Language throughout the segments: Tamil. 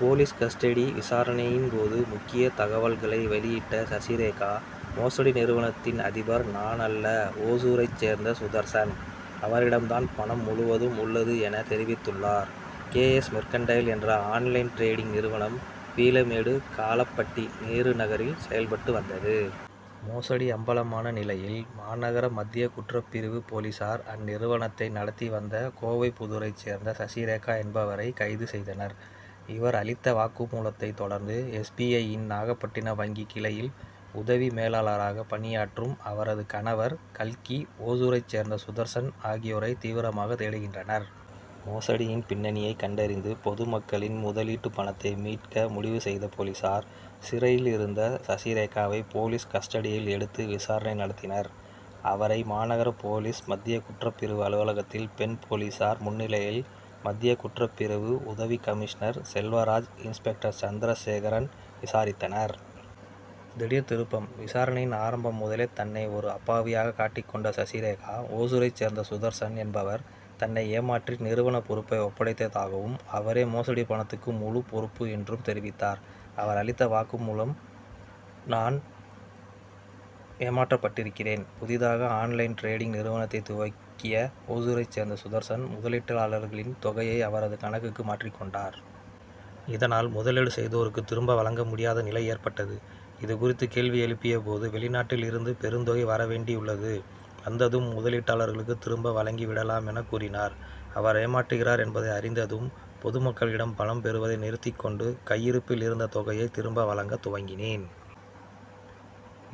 போலீஸ் கஸ்டடி விசாரணையின் போது முக்கிய தகவல்களை வெளியிட்ட சசிரேகா மோசடி நிறுவனத்தின் அதிபர் நானல்ல ஓசூரைச் சேர்ந்த சுதர்சன். அவரிடம் தான் பணம் முழுவதும் உள்ளது என தெரிவித்துள்ளார். கே. எஸ். மெர்கன்டைல் என்ற ஆன்-லைன் டிரேடிங் நிறுவனம் பீளமேடு காளப்பட்டி நேரு நகரில் செயல்பட்டு வந்தது. மோசடி அம்பலமான நிலையில் மாநகர மத்திய குற்றப்பிரிவு போலீசார் அந்நிறுவனத்தை நடத்தி வந்த கோவைப்புதூரைச் சேர்ந்த சசிரேகா என்பவரை கைது செய்தனர். இவர் அளித்த வாக்குமூலத்தை தொடர்ந்து எஸ். பி. ஐ.யின் நாகபட்டினம் வங்கி கிளையில் உதவி மேலாளராக பணியாற்றும் அவரது கணவர் கல்கி ஓசூரைச் சேர்ந்த சுதர்சன் ஆகியோரை தீவிரமாக தேடுகின்றனர். மோசடியின் பின்னணியை கண்டறிந்து பொதுமக்களின் முதலீட்டு பணத்தை மீட்க முடிவு செய்த போலீசார் சிறையிலிருந்த சசிரேகாவை போலீஸ் கஸ்டடியில் எடுத்து விசாரணை நடத்தினர். அவரை மாநகர போலீஸ் மத்திய குற்றப்பிரிவு அலுவலகத்தில் பெண் போலீசார் முன்னிலையில் மத்திய குற்றப்பிரிவு உதவிக்கமிஷனர் செல்வராஜ் இன்ஸ்பெக்டர் சந்திரசேகரன் விசாரித்தனர். திடீர் திருப்பம் விசாரணையின் ஆரம்பம் முதலே தன்னை ஓர் அப்பாவியாக காட்டிக் கொண்ட சசிரேகா ஓசூரைச் சேர்ந்த சுதர்சன் என்பவர் தன்னை ஏமாற்றி நிறுவன பொறுப்பை ஒப்படைத்ததாகவும் அவரே மோசடி பணத்துக்கு முழுப் பொறுப்பு என்றும் தெரிவித்தார். அவர் அளித்த வாக்குமூலம் நான் ஏமாற்றப்பட்டிருக்கிறேன். புதிதாக ஆன்-லைன் டிரேடிங் நிறுவனத்தை துவக்கிய ஒசூரைச் சேர்ந்த சுதர்சன் முதலீட்டாளர்களின் தொகையை அவரது கணக்குக்கு மாற்றிக் கொண்டார். இதனால் பணத்தை முதலீடு செய்தோருக்கு திரும்ப வழங்க முடியாத நிலை ஏற்பட்டது. இது குறித்து கேள்வி எழுப்பியபோது வெளிநாட்டில் இருந்து பெருந்தொகை வரவேண்டியுள்ளது வந்ததும் முதலீட்டாளர்களுக்கு திரும்ப வழங்கி விடலாம் எனக் கூறினார். அவர் ஏமாற்றுகிறார் என்பதை அறிந்ததும் பொதுமக்களிடம் பணம் பெறுவதை நிறுத்திக்கொண்டு கையிருப்பில் இருந்த தொகையை திரும்ப வழங்க துவங்கினேன்.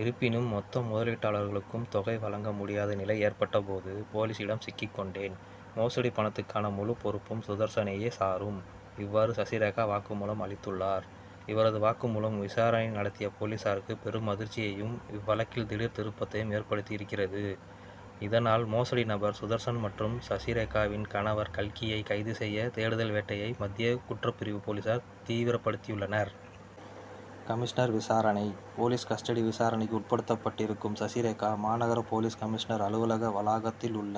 இருப்பினும் மொத்த முதலீட்டாளர்களுக்கும் தொகை வழங்க முடியாத நிலை ஏற்பட்ட போது போலீசிடம் சிக்கிக்கொண்டேன். மோசடி பணத்துக்கான முழு பொறுப்பும் சுதர்சனையே சாரும். இவ்வாறு சசிரேகா வாக்குமூலம் அளித்துள்ளார். இவரது வாக்குமூலம் விசாரணை நடத்திய போலீசாருக்கு பெரும் அதிர்ச்சியையும் இவ்வழக்கில் திடீர் திருப்பத்தையும் ஏற்படுத்தியிருக்கிறது. இதனால் மோசடி நபர் சுதர்சன் மற்றும் சசிரேகாவின் கணவர் கல்கியை கைது செய்ய தேடுதல் வேட்டையை மத்திய குற்றப்பிரிவு போலீசார் தீவிரப்படுத்தியுள்ளனர். கமிஷனர் விசாரணை போலீஸ் கஸ்டடி விசாரணைக்கு உட்படுத்தப் பட்டிருக்கும் சசிரேகா மாநகர போலீஸ் கமிஷனர் அலுவலக வளாகத்திலுள்ள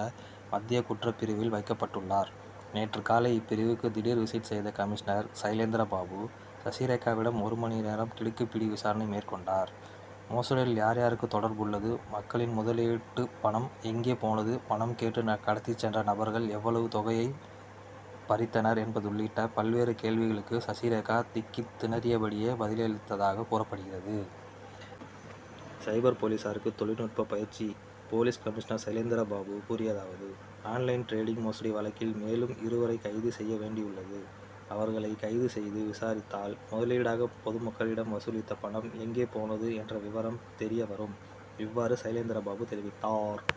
மத்திய குற்றப்பிரிவில் வைக்கப்பட்டுள்ளார். நேற்று காலை இப்பிரிவுக்கு திடீர் விசிட் செய்த கமிஷனர் சைலேந்திரபாபு சசிரேகாவிடம் ஒரு மணி நேரம் கிடுக்கிப்பிடி விசாரணை மேற்கொண்டார். மோசடியில் யார் யாருக்கு தொடர்பு உள்ளது மக்களின் முதலீட்டு பணம் எங்கே போனது பணம் கேட்டு கடத்திச்சென்ற நபர்கள் எவ்வளவு தொகையை பறித்தனர் என்பது உள்ளிட்ட பல்வேறு கேள்விகளுக்கும் சசிரேகா திக்கித் திணறியபடியே பதிலளித்தாக கூறப்படுகிறது. சைபர் போலீசாருக்கு தொழில்நுட்ப பயிற்சி போலீஸ் கமிஷனர் சைலேந்திரபாபு கூறியதாவது ஆன்-லைன் டிரேடிங் மோசடி வழக்கில் மேலும் இருவரை கைது செய்ய வேண்டியுள்ளது. அவர்களை கைது செய்து விசாரித்தால் முதலீடாக பொதுமக்களிடம் வசூலித்த பணம் எங்கே போனது என்ற விவரம் தெரியவரும். இவ்வாறு சைலேந்திரபாபு தெரிவித்தார்.